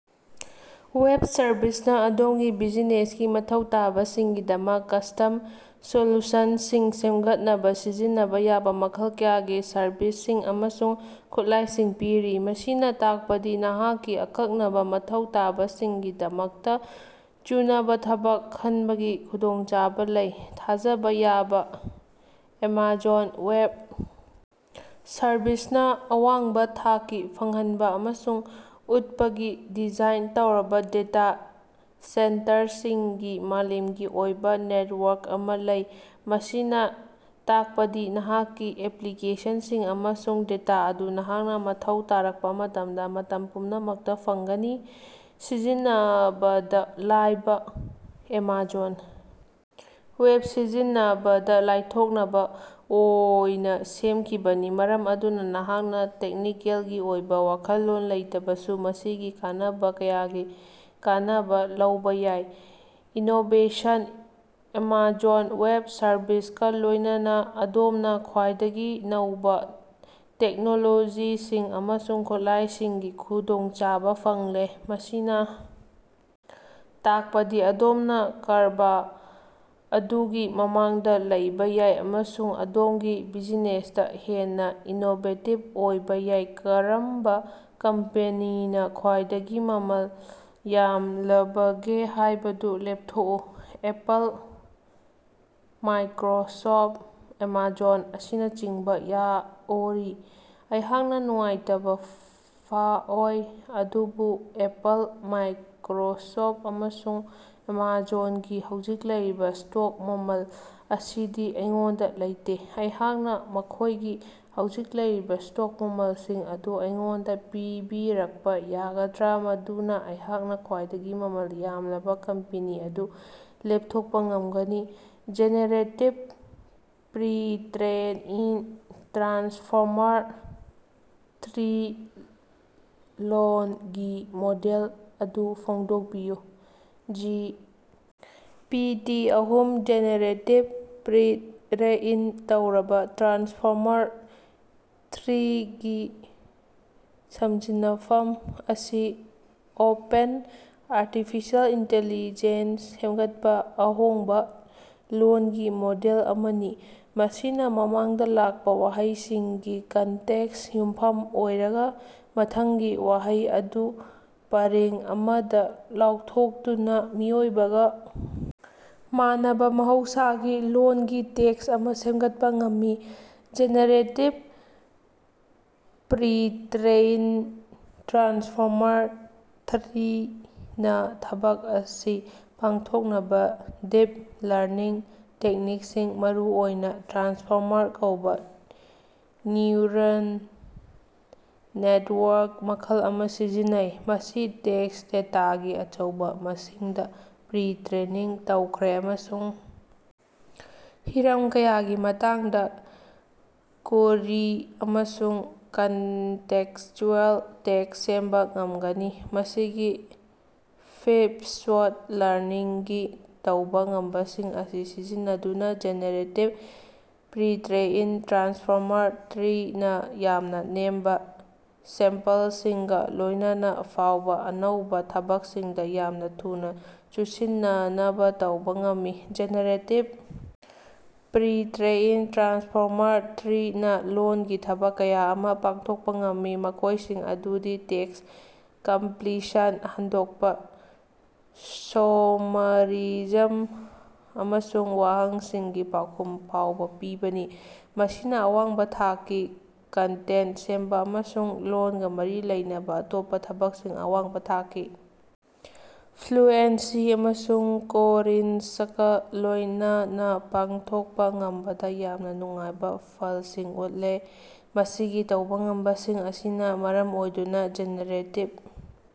Web service ꯅ ꯑꯗꯣꯝꯒꯤ ꯕꯤꯖꯤꯅꯦꯁꯀꯤ ꯃꯊꯧ ꯇꯥꯕꯁꯤꯡꯒꯤꯗꯃꯛ ꯀꯁ꯭ꯇꯝ ꯁꯣꯂꯨꯁꯟꯁꯤꯡ ꯁꯦꯝꯒꯠꯅꯕ ꯁꯤꯖꯤꯟꯅꯕ ꯌꯥꯕ ꯃꯈꯜ ꯀꯌꯥꯒꯤ ꯁꯔꯕꯤꯁꯁꯤꯡ ꯑꯃꯁꯨꯡ ꯈꯨꯠꯂꯥꯏꯁꯤꯡ ꯄꯤꯔꯤ꯫ ꯃꯁꯤꯅ ꯇꯥꯛꯄꯗꯤ ꯅꯍꯥꯛꯀꯤ ꯑꯀꯛꯅꯕ ꯃꯊꯧ ꯇꯥꯕꯁꯤꯡꯒꯤꯗꯃꯛꯇ ꯆꯨꯅꯕ ꯊꯕꯛ ꯈꯟꯕꯒꯤ ꯈꯨꯗꯣꯡꯆꯥꯕ ꯂꯩ꯫ ꯊꯥꯖꯕ ꯌꯥꯕ: ꯑꯦꯃꯥꯖꯣꯟ ꯋꯦꯕ ꯁꯔꯚꯤꯁ ꯅ ꯑꯋꯥꯡꯕ ꯊꯥꯛꯀꯤ ꯐꯪꯍꯟꯕ ꯑꯃꯁꯨꯡ ꯎꯠꯄꯒꯤ ꯗꯤꯖꯥꯏꯟ ꯇꯧꯔꯕ ꯗꯦꯇꯥ ꯁꯦꯟꯇꯔꯁꯤꯡꯒꯤ ꯃꯥꯂꯦꯝꯒꯤ ꯑꯣꯏꯕ ꯅꯦꯠꯋꯥꯔꯛ ꯑꯃ ꯂꯩ꯫ ꯃꯁꯤꯅ ꯇꯥꯛꯄꯗꯤ ꯅꯍꯥꯛꯀꯤ ꯑꯦꯄ꯭ꯂꯤꯀꯦꯁꯟꯁꯤꯡ ꯑꯃꯁꯨꯡ ꯗꯦꯇꯥ ꯑꯗꯨ ꯅꯍꯥꯛꯅ ꯃꯊꯧ ꯇꯥꯔꯛꯄ ꯃꯇꯝꯗ ꯃꯇꯝ ꯄꯨꯝꯅꯃꯛꯇ ꯐꯪꯒꯅꯤ꯫ ꯁꯤꯖꯤꯟꯅꯕꯗ ꯂꯥꯏꯕ: ꯑꯦꯃꯥꯖꯣꯟ ꯋꯦꯕ ꯁꯤꯖꯤꯟꯅꯕꯗ ꯂꯥꯏꯊꯣꯛꯅꯕ ꯑꯣꯏꯅ ꯁꯦꯝꯈꯤꯕꯅꯤ, ꯃꯔꯝ ꯑꯗꯨꯅ ꯅꯍꯥꯛꯅ ꯇꯦꯛꯅꯤꯀꯦꯜꯒꯤ ꯑꯣꯏꯕ ꯋꯥꯈꯜꯂꯣꯟ ꯂꯩꯇꯕꯁꯨ ꯃꯁꯤꯒꯤ ꯀꯥꯟꯅꯕ ꯀꯌꯥꯒꯤ ꯀꯥꯟꯅꯕ ꯂꯧꯕ ꯌꯥꯏ꯫ ꯏꯅꯣꯕꯦꯁꯟ: ꯑꯦꯃꯥꯖꯣꯟ ꯋꯦꯕ ꯁꯔꯕꯤꯁ ꯀ ꯂꯣꯏꯅꯅ ꯑꯗꯣꯝꯅ ꯈ꯭ꯋꯥꯏꯗꯒꯤ ꯅꯧꯕ ꯇꯦꯛꯅꯣꯂꯣꯖꯤꯁꯤꯡ ꯑꯃꯁꯨꯡ ꯈꯨꯠꯂꯥꯏꯁꯤꯡꯒꯤ ꯈꯨꯗꯣꯡꯆꯥꯕ ꯐꯪꯂꯦ, ꯃꯁꯤꯅ ꯇꯥꯛꯄꯗꯤ ꯑꯗꯣꯝꯅ ꯀꯔꯕ ꯑꯗꯨꯒꯤ ꯃꯃꯥꯡꯗ ꯂꯩꯕ ꯌꯥꯏ ꯑꯃꯁꯨꯡ ꯑꯗꯣꯝꯒꯤ ꯕꯤꯖꯤꯅꯦꯁꯇ ꯍꯦꯟꯅ ꯏꯅꯣꯕꯦꯇꯤꯕ ꯑꯣꯏꯕ ꯌꯥꯏ꯫ ꯀꯔꯝꯕ ꯀꯝꯄꯅꯤꯅꯥ ꯈ꯭ꯋꯥꯏꯗꯒꯤ ꯃꯃꯜ ꯌꯥꯝꯂꯕꯒꯦ ꯍꯥꯏꯕꯗꯨ ꯂꯦꯞꯊꯣꯛꯎ꯫ ꯑꯦꯄꯜ, ꯃꯥꯏꯀ꯭ꯔꯣꯁꯣꯐ, ꯑꯦꯃꯥꯖꯣꯟ ꯑꯁꯤꯅꯆꯤꯡꯕꯥ ꯌꯥꯑꯣꯔꯤ꯫ ꯑꯩꯍꯥꯛꯅꯥ ꯅꯨꯡꯉꯥꯏꯇꯕꯥ ꯐꯥꯑꯣꯏ, ꯑꯗꯨꯕꯨ ꯑꯦꯄꯜ, ꯃꯥꯏꯛꯔꯣꯁꯣꯐꯠ, ꯑꯃꯁꯨꯡ ꯑꯦꯃꯥꯖꯣꯟꯒꯤ ꯍꯧꯖꯤꯛ ꯂꯩꯔꯤꯕ ꯁ꯭ꯇꯣꯛ ꯃꯃꯜ ꯑꯁꯤꯗꯤ ꯑꯩꯉꯣꯟꯗ ꯂꯩꯇꯦ꯫ ꯑꯩꯍꯥꯛꯅ ꯃꯈꯣꯏꯒꯤ ꯍꯧꯖꯤꯛ ꯂꯩꯔꯤꯕ ꯁ꯭ꯇꯣꯛ ꯃꯃꯜꯁꯤꯡ ꯑꯗꯨ ꯑꯩꯉꯣꯟꯗ ꯄꯤꯕꯤꯔꯛꯄ ꯌꯥꯒꯗ꯭ꯔꯥ ꯃꯗꯨꯅ ꯑꯩꯍꯥꯛꯅ ꯈ꯭ꯋꯥꯏꯗꯒꯤ ꯃꯃꯜ ꯌꯥꯝꯂꯕ ꯀꯝꯄꯦꯅꯤ ꯑꯗꯨ ꯂꯦꯞꯊꯣꯛꯄ ꯉꯝꯒꯅꯤ꯫ ꯖꯦꯅꯦꯔꯦꯇꯤꯕ ꯄ꯭ꯔꯤꯇ꯭ꯔꯦꯏꯟ ꯇ꯭ꯔꯥꯟꯁꯐꯣꯔꯃꯔ-ꯊ꯭ꯔꯤ ꯂꯣꯜꯒꯤ ꯃꯣꯗꯦꯜ ꯑꯗꯨ ꯐꯣꯡꯗꯣꯛꯄꯤꯌꯨ꯫ ꯖꯤ. ꯄꯤ. ꯇꯤ. ꯑꯍꯨꯝ (ꯖꯦꯅꯦꯔꯦꯇꯤꯕ ꯄ꯭ꯔꯤꯠꯔꯦꯏꯟ ꯇꯧꯔꯕ ꯇ꯭ꯔꯥꯟꯁꯐꯣꯔꯃꯔ - ꯊ꯭ꯔꯤꯒꯤ ꯁꯝꯖꯤꯟꯅꯐꯝ) ꯑꯁꯤ ꯑꯣꯄꯦꯟ ꯑꯥꯔꯇꯤꯐꯤꯁꯦꯜ ꯏꯟꯇꯦꯂꯤꯖꯦꯟꯠ ꯁꯦꯝꯒꯠꯄ ꯑꯍꯣꯡꯕ ꯂꯣꯜꯒꯤ ꯃꯣꯗꯦꯜ ꯑꯃꯅꯤ꯫ ꯃꯁꯤꯅ ꯃꯃꯥꯡꯗ ꯂꯥꯛꯄ ꯋꯥꯍꯩꯁꯤꯡꯒꯤ ꯀꯟꯇꯦꯛꯁꯇ ꯌꯨꯝꯐꯝ ꯑꯣꯏꯔꯒ ꯃꯊꯪꯒꯤ ꯋꯥꯍꯩ ꯑꯗꯨ ꯄꯔꯦꯡ ꯑꯃꯗ ꯂꯥꯎꯊꯣꯛꯇꯨꯅ ꯃꯤꯑꯣꯏꯕꯒ ꯃꯥꯟꯅꯕ ꯃꯍꯧꯁꯥꯒꯤ ꯂꯣꯜꯒꯤ ꯇꯦꯛꯁ ꯑꯃ ꯁꯦꯟꯒꯠꯄ ꯉꯝꯃꯤ꯫ ꯖꯦꯅꯦꯔꯦꯇꯤꯕ ꯄ꯭ꯔꯤꯇ꯭ꯔꯦꯏꯟ ꯇ꯭ꯔꯥꯟꯁꯐꯣꯔꯃꯔ-ꯊ꯭ꯔꯤ ꯅ ꯊꯕꯛ ꯑꯁꯤ ꯄꯥꯡꯊꯣꯛꯅꯕ ꯗꯤꯞ ꯂꯔꯅꯤꯡ ꯇꯦꯛꯅꯤꯛꯁꯤꯡ ꯃꯔꯨꯑꯣꯏꯅ ꯇ꯭ꯔꯥꯟꯁꯐꯣꯔꯃꯔ ꯀꯧꯕ ꯅ꯭ꯌꯨꯔꯜ ꯅꯦꯇꯋꯥꯔꯛ ꯃꯈꯜ ꯑꯃ ꯁꯤꯖꯤꯟꯅꯩ꯫ ꯃꯁꯤ ꯇꯦꯛꯁ ꯗꯦꯇꯥꯒꯤ ꯑꯆꯧꯕ ꯃꯁꯤꯡꯗ ꯄ꯭ꯔꯤ-ꯇ꯭ꯔꯦꯅꯤꯡ ꯇꯧꯈ꯭ꯔꯦ ꯑꯃꯁꯨꯡ ꯍꯤꯔꯝ ꯀꯌꯥꯒꯤ ꯃꯇꯥꯡꯗ ꯀꯣꯔꯤ ꯑꯃꯁꯨꯡ ꯀꯟꯇꯦꯛꯁꯆꯨꯑꯦꯜ ꯇꯦꯛꯁ ꯁꯦꯝꯕ ꯉꯝꯒꯅꯤ꯫ ꯃꯁꯤꯒꯤ ꯐꯤꯚ-ꯁꯣꯠ ꯂꯔꯅꯤꯡꯒꯤ ꯇꯧꯕ ꯉꯝꯕꯁꯤꯡ ꯑꯁꯤ ꯁꯤꯖꯤꯟꯅꯗꯨꯅ ꯖꯦꯅꯦꯔꯦꯇꯤꯕ ꯄ꯭ꯔꯤꯇ꯭ꯔꯦꯏꯟ ꯇ꯭ꯔꯥꯟꯁꯐꯣꯔꯃꯔ-ꯊ꯭ꯔꯤ ꯅ ꯌꯥꯝꯅ ꯅꯦꯝꯕ ꯁꯦꯝꯄꯜꯁꯤꯡꯒ ꯂꯣꯏꯅꯅ ꯐꯥꯎꯕ ꯑꯅꯧꯕ ꯊꯕꯛꯁꯤꯡꯗ ꯌꯥꯝꯅ ꯊꯨꯅ ꯆꯨꯁꯤꯟꯅꯅꯕ ꯇꯧꯕ ꯉꯝꯃꯤ꯫ ꯖꯦꯅꯦꯔꯦꯇꯤꯕ ꯄ꯭ꯔꯤꯇ꯭ꯔꯦꯏꯟ ꯇ꯭ꯔꯥꯟꯁꯐꯣꯔꯃꯔ-ꯊ꯭ꯔꯤ ꯅ ꯂꯣꯜꯒꯤ ꯊꯕꯛ ꯀꯌꯥ ꯑꯃ ꯄꯥꯡꯊꯣꯛꯄ ꯉꯝꯃꯤ, ꯃꯈꯣꯏꯁꯤꯡ ꯑꯗꯨꯗꯤ ꯇꯦꯛꯁ ꯀꯝꯄ꯭ꯂꯤꯁꯟ, ꯍꯟꯗꯣꯛꯄ, ꯁꯣꯃꯔꯤꯖꯝ, ꯑꯃꯁꯨꯡ ꯋꯥꯍꯪꯁꯤꯡꯒꯤ ꯄꯥꯎꯈꯨꯝ ꯐꯥꯎꯕ ꯄꯤꯕꯅꯤ꯫ ꯃꯁꯤꯅ ꯑꯋꯥꯡꯕ ꯊꯥꯛꯀꯤ ꯀꯟꯇꯦꯟ ꯁꯦꯝꯕ ꯑꯃꯁꯨꯡ ꯂꯣꯜꯒ ꯃꯔꯤ ꯂꯩꯅꯕ ꯑꯇꯣꯞꯄ ꯊꯕꯛꯁꯤꯡ ꯑꯋꯥꯡꯕ ꯊꯥꯛꯀꯤ ꯐ꯭ꯂꯨꯑꯦꯟꯁꯤ ꯑꯃꯁꯨꯡ ꯀꯣꯔꯤꯟꯁꯀ ꯂꯣꯏꯅꯅ ꯄꯥꯡꯊꯣꯛꯄ ꯉꯝꯕꯗ ꯌꯥꯝꯅ ꯅꯨꯡꯉꯥꯏꯕ ꯐꯜꯁꯤꯡ ꯎꯠꯂꯦ꯫ ꯃꯁꯤꯒꯤ ꯇꯧꯕ ꯉꯝꯕꯁꯤꯡ ꯑꯁꯤꯅ ꯃꯔꯝ ꯑꯣꯏꯗꯨꯅ ꯖꯦꯅꯦꯔꯦꯇꯤꯕ꯫